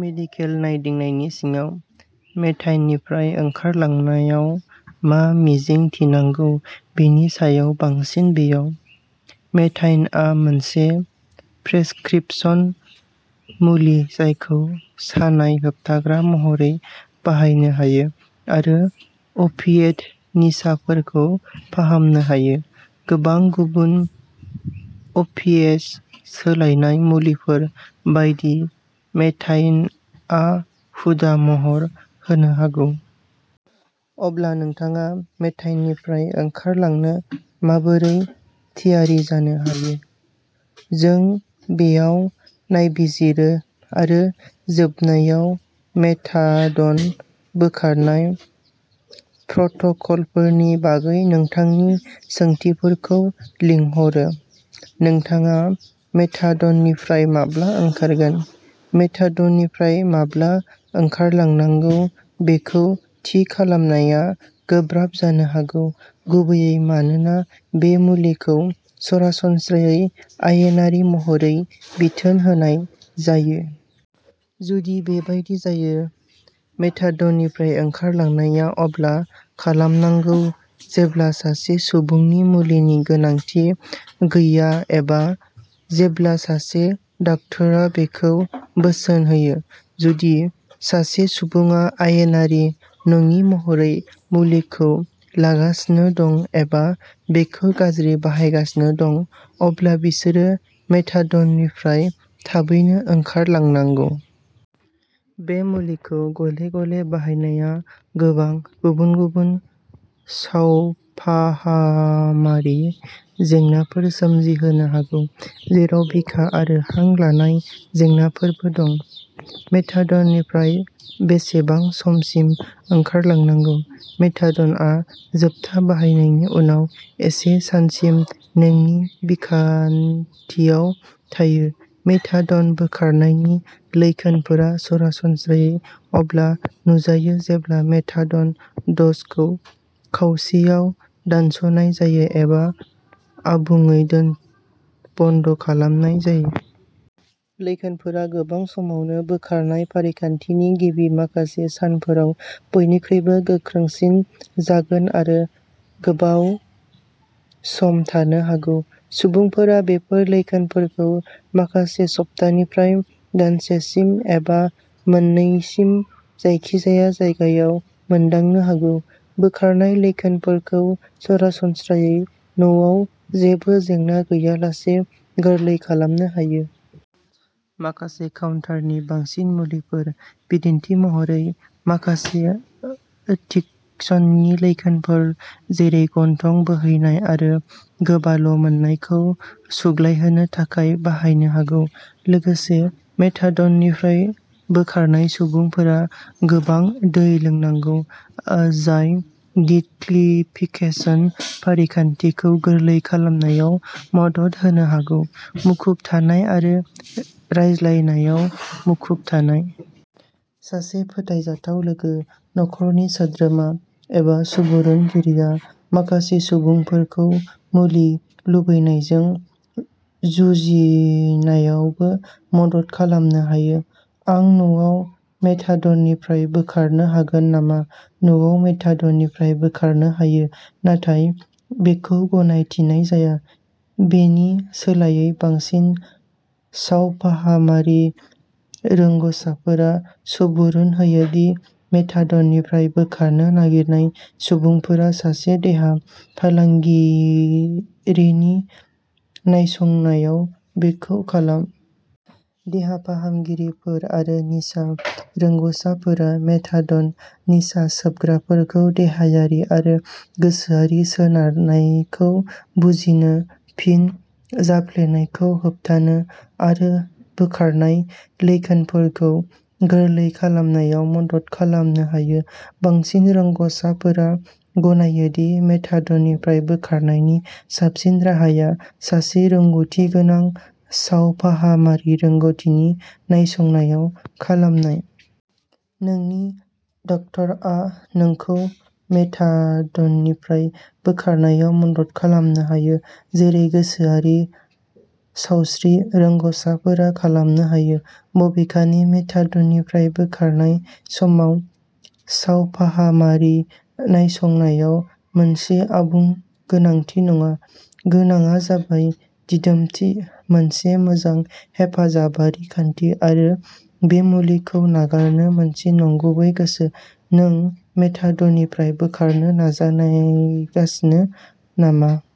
Medical नायदिंनायनि सिङाव। मेथाडननिफ्राय ओंखारलांनायाव मा मिजिंथिनांगौ बेनि सायाव बांसिन बेयाव। मेथाडनआ मोनसे प्रेसक्रिप्शन मुलि जायखौ सानाय होबथाग्रा महरै बाहायनो हायो आरो अफिएट निसाफोरखौ फाहामनो हायो। गोबां गुबुन अफिएट सोलायनाय मुलिफोर बायदि, मेथाडनआ हुदा महर होनो हागौ। अब्ला नोंथाङा मेथाडननिफ्राय ओंखारलांनो माबोरै थियारि जानो हायो? जों बेयाव नायबिजिरो, आरो जोबनायाव मेथाडन बोखारनाय प्रट'कलफोरनि बागै नोंथांनि सोंथिफोरखौ लिंहरो। नोंथाङा मेथाडननिफ्राय माब्ला ओंखारगोन? मेथाडननिफ्राय माब्ला ओंखारलांनांगौ बेखौ थि खालामनाया गोब्राब जानो हागौ, गुबैयै मानोना बे मुलिखौ सरासनस्रायै आयेनारि महरै बिथोन होनाय जायो। जुदि बेबादि जायो, मेथाडननिफ्राय ओंखारलांनाया अब्ला खालामनांगौ जेब्ला सासे सुबुंनो मुलिनि गोनांथि गैया एबा जेब्ला सासे डाक्टारा बेखौ बोसोन होयो। जुदि सासे सुबुङा आयेनारि नङि महरै मुलिखौ लागासिनो दं एबा बेखौ गाज्रि बाहायगासिनो दं, अब्ला बिसोरो मेथाडननिफ्राय थाबैनो ओंखारलांनांगौ। बे मुलिखौ गले-गले बाहायनाया गोबां गुबुन-गुबुन सावफाहामारि जेंनाफोर सोमजिहोनो हागौ, जेराव बिखा आरो हां लानाय जेंनाफोरबो दं। मेथाडननिफ्राय बेसेबां समसिम ओंखारलांनांगौ? मेथाडनआ जोबथा बाहायनायनि उनाव एसे सानसिम नोंनि बिखानथियाव थायो। मेथाडन बोखारनायनि लैखोनफोरा सरासनस्रायै अब्ला नुजायो जेब्ला मेथाडन द'जखौ खावसेयाव दानस'नाय जायो एबा आबुङै बन्द'खालामनाय जायो। लैखोनफोरा गोबां समावनो बोखारनाय फारिखान्थिनि गिबि माखासे सानफोराव बयनिख्रुइबो गोख्रोंसिन जागोन आरो गोबाव सम थानो हागौ। सुबुंफोरा बेफोर लैखोनफोरखौ माखासे सप्तानिफ्राय दानसेसिम, एबा मोननैसिम जायखिजाया जायगायाव मोनदांनो हागौ। बोखारनाय लैखोनफोरखौ सरासनस्रायै न'आव जेबो जेंना गैयालासे गोरलै खालामनो हायो। माखासे काउन्टार-नि-बांसिन मुलिफोर, बिदिन्थि महरै, माखासे डिटक्सनि लैखोनफोर जेरै गन्थं बोहैनाय आरो गोबाल'मोननायखौ सुग्लायहोनो थाखाय बाहायनो हागौ। लोगोसे, मेथाडननिफ्राय बोखारनाय सुबुंफोरा गोबां दै लोंनांगौ, जाय डिट'क्सिफिकेसन फारिखान्थिखौ गोरलै खालामनायाव मदद होनो हागौ। मुखुब थानाय आरो रायज्लायनायाव मुखुब थानाय। सासे फोथायजाथाव लोगो, नखरनि सोद्रोमा, एबा सुबुरुनगिरिआ माखासे सुबुंफोरखौ मुलि लुबैनायजों जुजिनायावबो मदद खालामनो हायो। आं न'आव मेथाडननिफ्राय बोखारनो हागोन नामा? न'आव मेथाडननिफ्राय बोखारनो हायो, नाथाय बेखौ गनायथिनाय जाया। बेनि सोलायै, बांसिन सावफाहामारि रोंग'साफोरा सुबुरुन होयो दि मेथाडननिफ्राय बोखारनो नागिरनाय सुबुंफोरा सासे देहा फालांगिरिनि नायसंनायाव बेखौ खालाम। देहा फाहामगिरिफोर आरो निसा रोंग'साफोरा मेथाडन निसा सोबग्राफोरखौ देहायारि आरो गोसोआरि सोनारनायखौ बुजिनो, फिन जाफ्लेनायखौ होबथानो, आरो बोखारनाय लैखोनफोरखौ गोरलै खालामनायाव मदद खालामनो हायो। बांसिन रोंग'साफोरा गनायो दि मेथाडननिफ्राय बोखारनायनि साबसिन राहाया सासे रोंग'थिगोनां सावफाहामारि रोंग'थिनि नायसंनायाव खालामनाय। नोंनि डाक्टारआ नोंखौ मेथाडननिफ्राय बोखारनायाव मदद खालामनो हायो, जेरै गोसोआरि सावस्रि रोंग'साफोरा खालामनो हायो। बबेखानि, मेथाडननिफ्राय बोखारनाय समाव सावफाहामारि नायसंनाया मोनसे आबुं गोनांथि नङा। गोनांआ जाबाय दिदोमथि, मोनसे मोजां हेफाजाबारि खान्थि, आरो बे मुलिखौ नागारनो मोनसे नंगुबै गोसो। नों मेथाडननिफ्राय बोखारनो नाजागासिनो नामा?